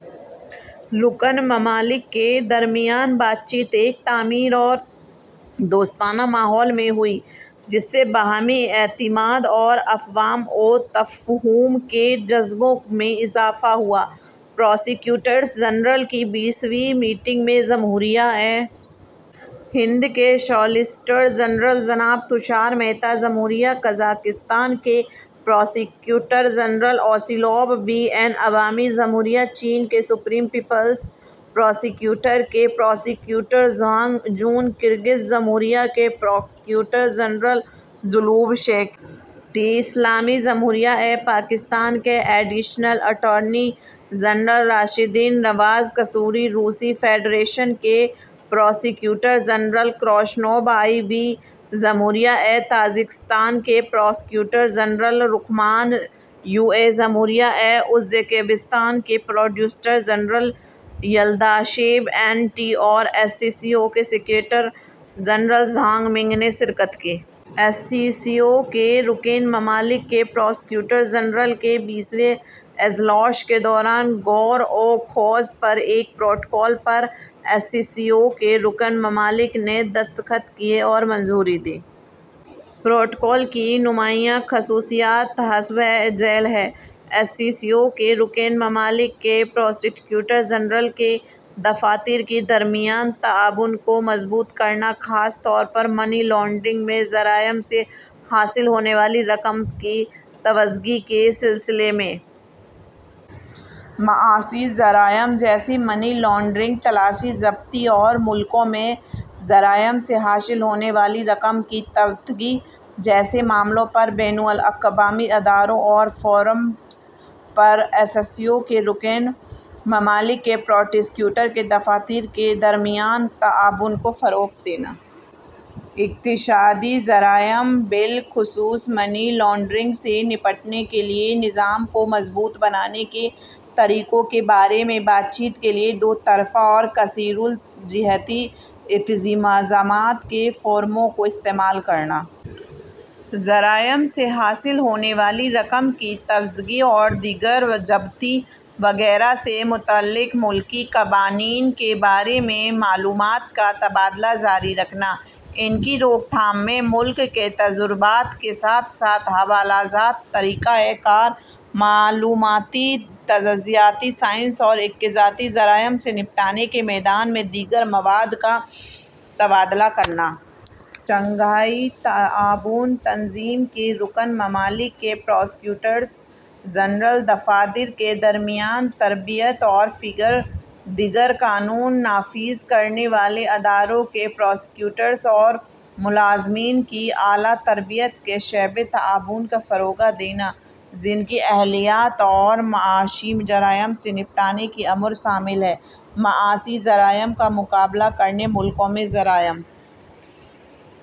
رکن ممالک کے درمیان بات چیت ایک تعمیری اور دوستانہ ماحول میں ہوئی، جس سے باہمی اعتماد اور افہام و تفہیم کے جذبے میں اضافہ ہوا۔ پراسیکیوٹرز جنرل کی بیسویں میٹنگ میں جمہوریۂ ہند کے سالیسیٹر جنرل جناب تشار مہتا، جمہوریہ قزاقستان کے prosecutor general Asylov B N, عوامی جمہوریہ چین کے سپریم پیپلز پراسیکیوٹر کے پراسیکیوٹر ژانگ جون، کرغز جمہوریہ کے prosecutor general Zulushev K T, اسلامی جمہوریۂ پاکستان کے additional attorney general Rashdeen Nawaz Kasuri, روسی فیڈریشن کے prosecutor general Krasnov I V, جمہوریۂ تاجکستان کے prosecutor general Rakhmon U A, جمہوریۂ ازبیکستان کے prosecutor general Yuldashev N T اور ایس سی او کے سیکرٹری جنرل ژانگ منگ نے شرکت کی۔ ایس سی او کے رکن ممالک کے پراسیکیوٹرز جنرل کے بیسویں اجلاس کے دوران غور و خوض پر ایک پروٹوکول پر ایس سی او کے رکن ممالک نے دستخط کیے اور منظوری دی۔ پروٹوکول کی نمایاں خصوصیات حسب ذیل ہیں: ایس سی او کے رکن ممالک کے پراسیکیوٹر جنرل کے دفاتر کے درمیان تعاون کو مضبوط کرنا، خاص طور پر منی لانڈرنگ میں جرائم سے حاصل ہونے والی رقم کی ضبطگی کے سلسلے میں۔ معاشی جرائم جیسے منی لانڈرنگ، تلاشی، ضبطی اور ملکوں میں جرائم سے حاصل ہونے والی رقم کی ضبطگی جیسے معاملات پر بین الاقوامی اداروں اور فورمز پر ایس سی او کے رکن ممالک کے پراسیکیوٹر کے دفاتر کے درمیان تعاون کو فروغ دینا۔ اقتصادی جرائم، بالخصوص منی لانڈرنگ سے نمٹنے کے لیے نظام کو مضبوط بنانے کے طریقوں کے بارے میں بات چیت کے لیے دو طرفہ اور کثیر جہتی اجتماعات کے فورموں کو استعمال کرنا۔ جرائم سے حاصل ہونے والی رقم کی ضبطگی اور دیگر ضبطی وغیرہ سے متعلق ملکی قوانین کے بارے میں معلومات کا تبادلہ جاری رکھنا۔ ان کی روک تھام میں ملک کے تجربات کے ساتھ ساتھ حوالہ جات، طریقہ کار، معلوماتی، تجزیاتی، سائنسی اور اقتصادی جرائم سے نمٹنے کے میدان میں دیگر مواد کا تبادلہ کرنا۔ شنگھائی تعاون تنظیم کے رکن ممالک کے پراسیکیوٹرز جنرل دفاتر کے درمیان تربیت اور دیگر قانون نافذ کرنے والے اداروں کے پراسیکیوٹرز اور ملازمین کی اعلیٰ تربیت کے شعبے میں تعاون کو فروغ دینا، جن کی اہلیت میں معاشی جرائم سے نمٹنے کے امور شامل ہیں۔ معاشی جرائم کا مقابلہ کرنے، ملکوں سے جرائم